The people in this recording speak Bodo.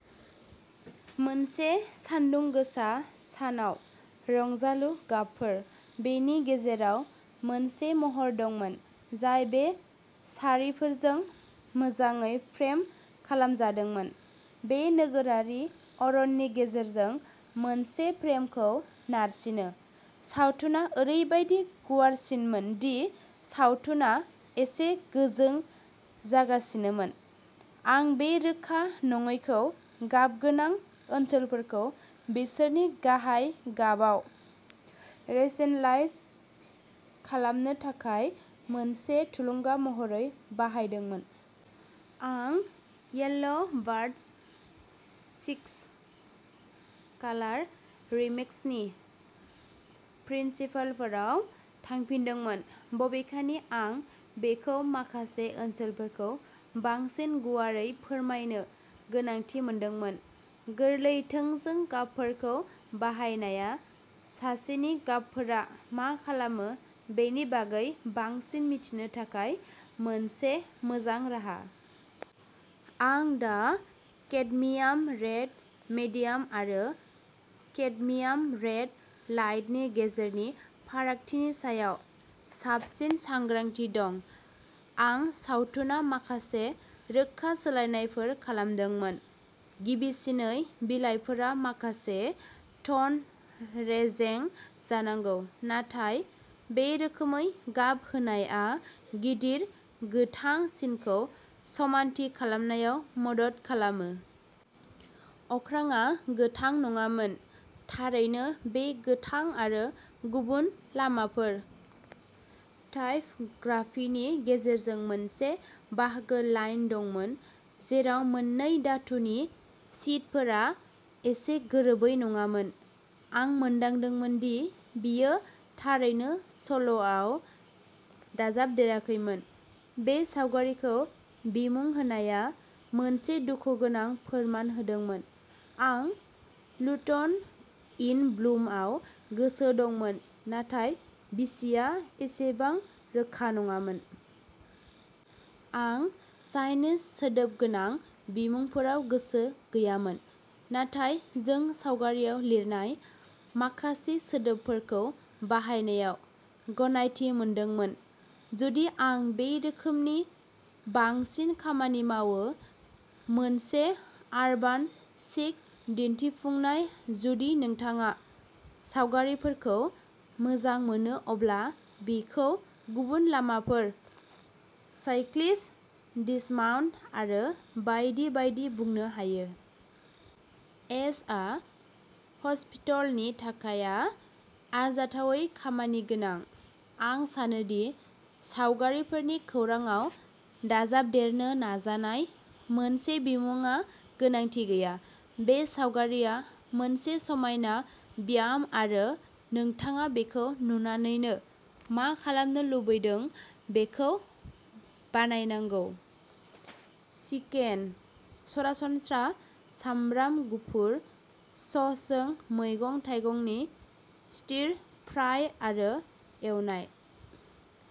मोनसे सानदुं गोसा सानाव रंजालु गाबफोर। बेनि गेजेराव मोनसे महर दंमोन, जाय बे सारिफोरजों मोजाङै फ्रेम खालामजादोंमोन। बे नोगोरारि अरननि गेजेरजों मोनसे प्रमखौ नारसिनो। सावथुना ओरैबायदि गुवारसिनमोन दि सावथुना एसे गोजों जागासिनोमोन। आं बे रोखा नङैखौ गाबगोनां ओनसोलफोरखौ बिसोरनि गाहाय गाबाव रैसेनलाइज खालामनो थाखाय मोनसे थुलुंगा महरै बाहायदोंमोन। आं येल्ल'बार्स्ट सिक्स कालार रिमिक्स नि प्रिन्सिपलफोराव थांफिनदोंमोन। बबेखानि आं बेखौ माखासे ओनसोलफोरखौ बांसिन गुवारै फोरमायनो गोनांथि मोनदोंमोन। गोरलै थोंजों गाबफोरखौ बाहायनाया सासेनि गाबफोरा मा खालामो बेनि बागै बांसिन मिथिनो थाखाय मोनसे मोजां राहा। आं दा केडमियाम रेड मिडियाम आरो केडमियाम रेड लाइटनि गेजेरनि फारागथिनि सायाव साबसिन सांग्रांथि दं। आं सावथुना माखासे रोखा सोलायनायफोर खालामदोंमोन। गिबिसिनै बिलाइफोरा माखासे टन रेजें जानांगौ। नाथाय बे रोखोमै गाब होनायआ गिदिर गोथां सिनखौ समानथि खालामनायाव मदद खालामो। अख्राङा गोथां नङामोन। थारैनो बे गोथां आरो गुबुन लामाफोर टाइप'ग्राफिनि गेजेरजों मोनसे बाहागो लाइन दंमोन जेराव मोननै धातुनि शीटफोरा एसे गोरोबै नङामोन आं मोनदांदोंमोन दि बेयो थारैनो सल'आव दाजाबदेराखैमोन। बे सावगारिखौ बिमुं होनाया मोनसे दुखुगोनां फोरमान होदोंमोन, आं लुटन इन ब्लुम आव गोसो दंमोन नाथाय बिसिया एसेबां रोखा नङामोन। आं साइनेज सोदोब गोनां बिमुंफोराव गोसो गैयामोन नाथाय जों सावगारिआव लिरनाय माखासे सोदोबफोरखौ बाहायनायाव गनायथि मोनदोंमोन। जुदि आं बे रोखोमनि बांसिन खामानि मावो मोनसे आरबान चिक दिन्थिफुंनाय जुदि नोंथाङा सावगारिफोरखौ मोजां मोनो अब्ला बेखौ गुबुन लामाफोर, साइक्लिस्ट डिसमाउन्ट आरो बायदि बायदि बुंनो हायो। एच'आ हस्पिटलनि थाखाया आरजाथावै खामानिगोनां। आं सानो दि सावगारिफोरनि खौरांआव दाजाबदेरनो नाजानाय मोनसे बिमुंआ गोनांथि गैया। बे सावगारिआ मोनसे समायना ब्याम आरो नोंथाङा बेखौ नुनानैनो मा खालामनो लुबैदों बेखौ बानायनांगौ। चिकेन। सरासनस्रा सामब्राम गुफुर ससजों मैगं-थाइगंनि स्टिर फ्राइ आरो एवनाय